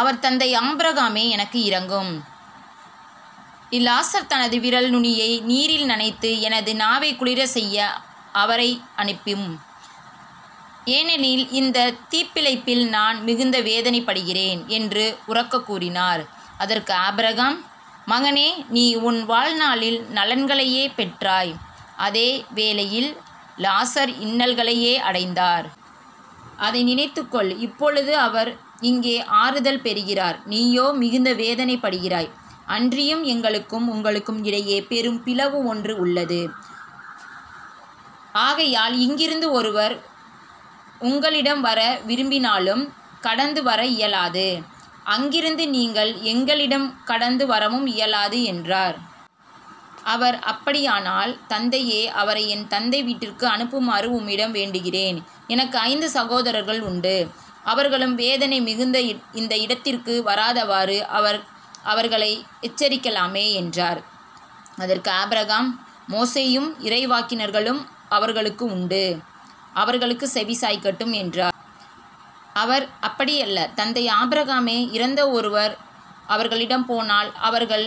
அவர், "தந்தை ஆபிரகாமே, எனக்கு இரங்கும். இலாசர் தமது விரல் நுனியைத் நீரில் நனைத்து எனது நாவைக் குளிரச்செய்ய அவரை அனுப்பும். ஏனெனில் இந்தத் தீப்பிழம்பில் நான் மிகுந்த வேதனைப்படுகிறேன்" என்று உரக்கக் கூறினார். அதற்கு ஆபிரகாம், "மகனே, நீ உன் வாழ்நாளில் நலன்களையே பெற்றாய் அதே வேளையில் இலாசர் இன்னல்களையே அடைந்தார். அதை நினைத்துக் கொள். இப்பொழுது அவர் இங்கே ஆறுதல் பெறுகிறார், நீயோ மிகுந்த வேதனைப்படுகிறாய். அன்றியும் எங்களுக்கும் உங்களுக்கும் இடையே பெரும் பிளவு ஒன்று உள்ளது. ஆகையால் இங்கிருந்து ஒருவர் உங்களிடம் வர விரும்பினாலும் கடந்து வர இயலாது. அங்கிருந்து நீங்கள் எங்களிடம் கடந்து வரவும் இயலாது" என்றார். "அவர், "அப்படியானால் தந்தையே, அவரை என் தந்தை வீட்டுக்கு அனுப்புமாறு உம்மிடம் வேண்டுகிறேன். எனக்கு ஐந்து சகோதரர்கள் உண்டு. அவர்களும் வேதனை மிகுந்த இந்த இடத்திற்கு வராதவாறு அவர் அவர்களை எச்சரிக்கலாமே" என்றார். அதற்கு ஆபிரகாம், "மோசேயும் இறைவாக்கினர்களும் அவர்களுக்கு உண்டு. அவர்களுக்குச் செவிசாய்க்கட்டும்" என்றார். அவர், "அப்படியல்ல, தந்தை ஆபிரகாமே, இறந்த ஒருவர் அவர்களிடம் போனால் அவர்கள்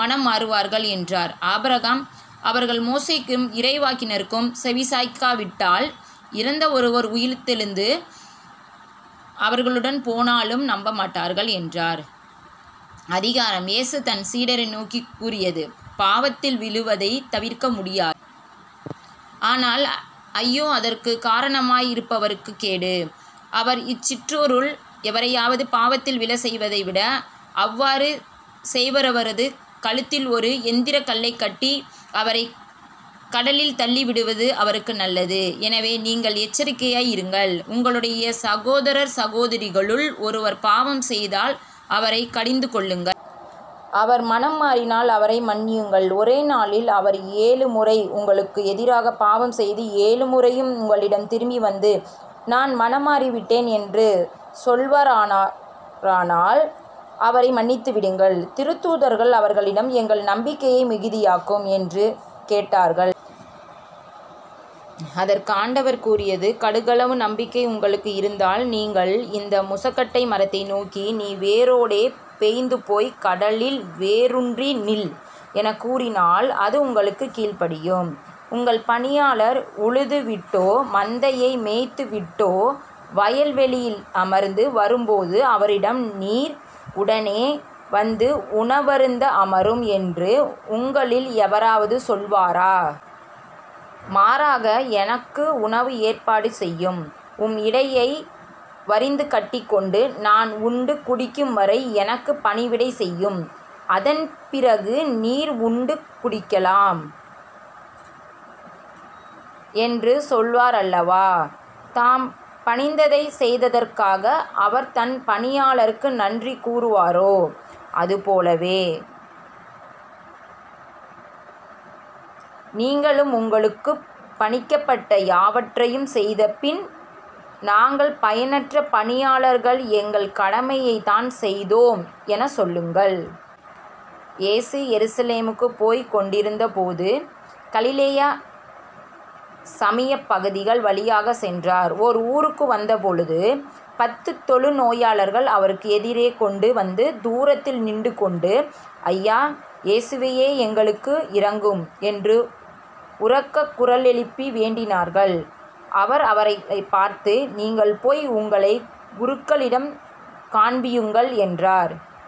மனம் மாறுவார்கள்" என்றார். ஆபிரகாம், "அவர்கள் மோசேக்கும் இறைவாக்கினருக்கும் செவிசாய்க்காவிட்டால், இறந்த ஒருவர் உயிர்த்தெழுந்து அவர்களிடம் போனாலும் நம்பமாட்டார்கள்" என்றார். " அதிகாரம் இயேசு தம் சீடரை நோக்கிக் கூறியது"பாவத்தில் விழுவதைத் தவிர்க்க முடியாது. ஆனால் ஐயோ. அதற்குக் காரணமாய் இருப்பவருக்குக் கேடு. அவர் இச்சிறியோருள் எவரையாவது பாவத்தில் விழச் செய்வதைவிட அவ்வாறு செய்பவரது கழுத்தில் ஒரு எந்திரக் கல்லைக் கட்டி அவரைக் கடலில் தள்ளிவிடுவது அவருக்கு நல்லது. எனவே, நீங்கள் எச்சரிக்கையாய் இருங்கள். உங்களுடைய சகோதரர் சகோதரிகளுள் ஒருவர் பாவம் செய்தால் அவரைக் கடிந்துகொள்ளுங்கள். அவர் மனம் மாறினால் அவரை மன்னியுங்கள். ஒரே நாளில் அவர் ஏழு முறை உங்களுக்கு எதிராகப் பாவம் செய்து ஏழு முறையும் உங்களிடம் திரும்பி வந்து, "நான் மனம் மாறிவிட்டேன்" என்று சொல்வாரானால் அவரை மன்னித்து விடுங்கள். " திருத்தூதர்கள் ஆண்டவரிடம், "எங்கள் நம்பிக்கையை மிகுதியாக்கும்" என்று கேட்டார்கள். அதற்கு ஆண்டவர் கூறியது"கடுகளவு நம்பிக்கை உங்களுக்கு இருந்தால் நீங்கள் இந்த முசக்கட்டை மரத்தை நோக்கி, "நீ வேரோடே பெயர்ந்துபோய்க் கடலில் வேருன்றி நில்" எனக் கூறினால் அது உங்களுக்குக் கீழ்ப்படியும். "உங்கள் பணியாளர் உழுது விட்டோ, மந்தையை மேய்த்துவிட்டோ வயல்வெளியிலிரந்து வரும்போது அவரிடம், "நீர் உடனே வந்து உணவருந்த அமரும்" என்று உங்களில் எவராவது சொல்வாரா? மாறாக, "எனக்கு உணவு ஏற்பாடு செய்யும், உம் இடையை வரிந்துகட்டிக்கொண்டு, நான் உண்டு குடிக்கும்வரை எனக்குப் பணிவிடை செய்யும் அதன்பிறகு நீர் உண்டு குடிக்கலாம்" என்று சொல்வாரல்லவா? தாம் பணித்ததைச் செய்ததற்காக அவர் தம் பணியாளருக்கு நன்றி கூறுவாரோ? அது போலவே, நீங்களும் உங்களுக்குப் பணிக்கப்பட்ட யாவற்றையும் செய்தபின், "நாங்கள் பயனற்ற பணியாளர்கள் எங்கள் கடமையைத்தான் செய்தோம்" எனச் சொல்லுங்கள். " இயேசு எருசலேமுக்குப் போய்க் கொண்டிருந்தபோது கலிலேய, சமியப் பகுதிகள் வழியாகச் சென்றார். ஓர் ஊருக்குள் வந்தபொழுது, பத்து தொழுநோயாளர்கள் அவருக்கு எதிர்கொண்டு வந்து, தூரத்தில் நின்று கொண்டு, "ஐயா. இயேசுவே, எங்களுக்கு இரங்கும்" என்று உரக்கக் குரலெழுப்பி வேண்டினார்கள். அவர் அவர்களைப் பார்த்து, "நீங்கள் போய் உங்களைக் குருக்களிடம் காண்பியுங்கள்" என்றார்.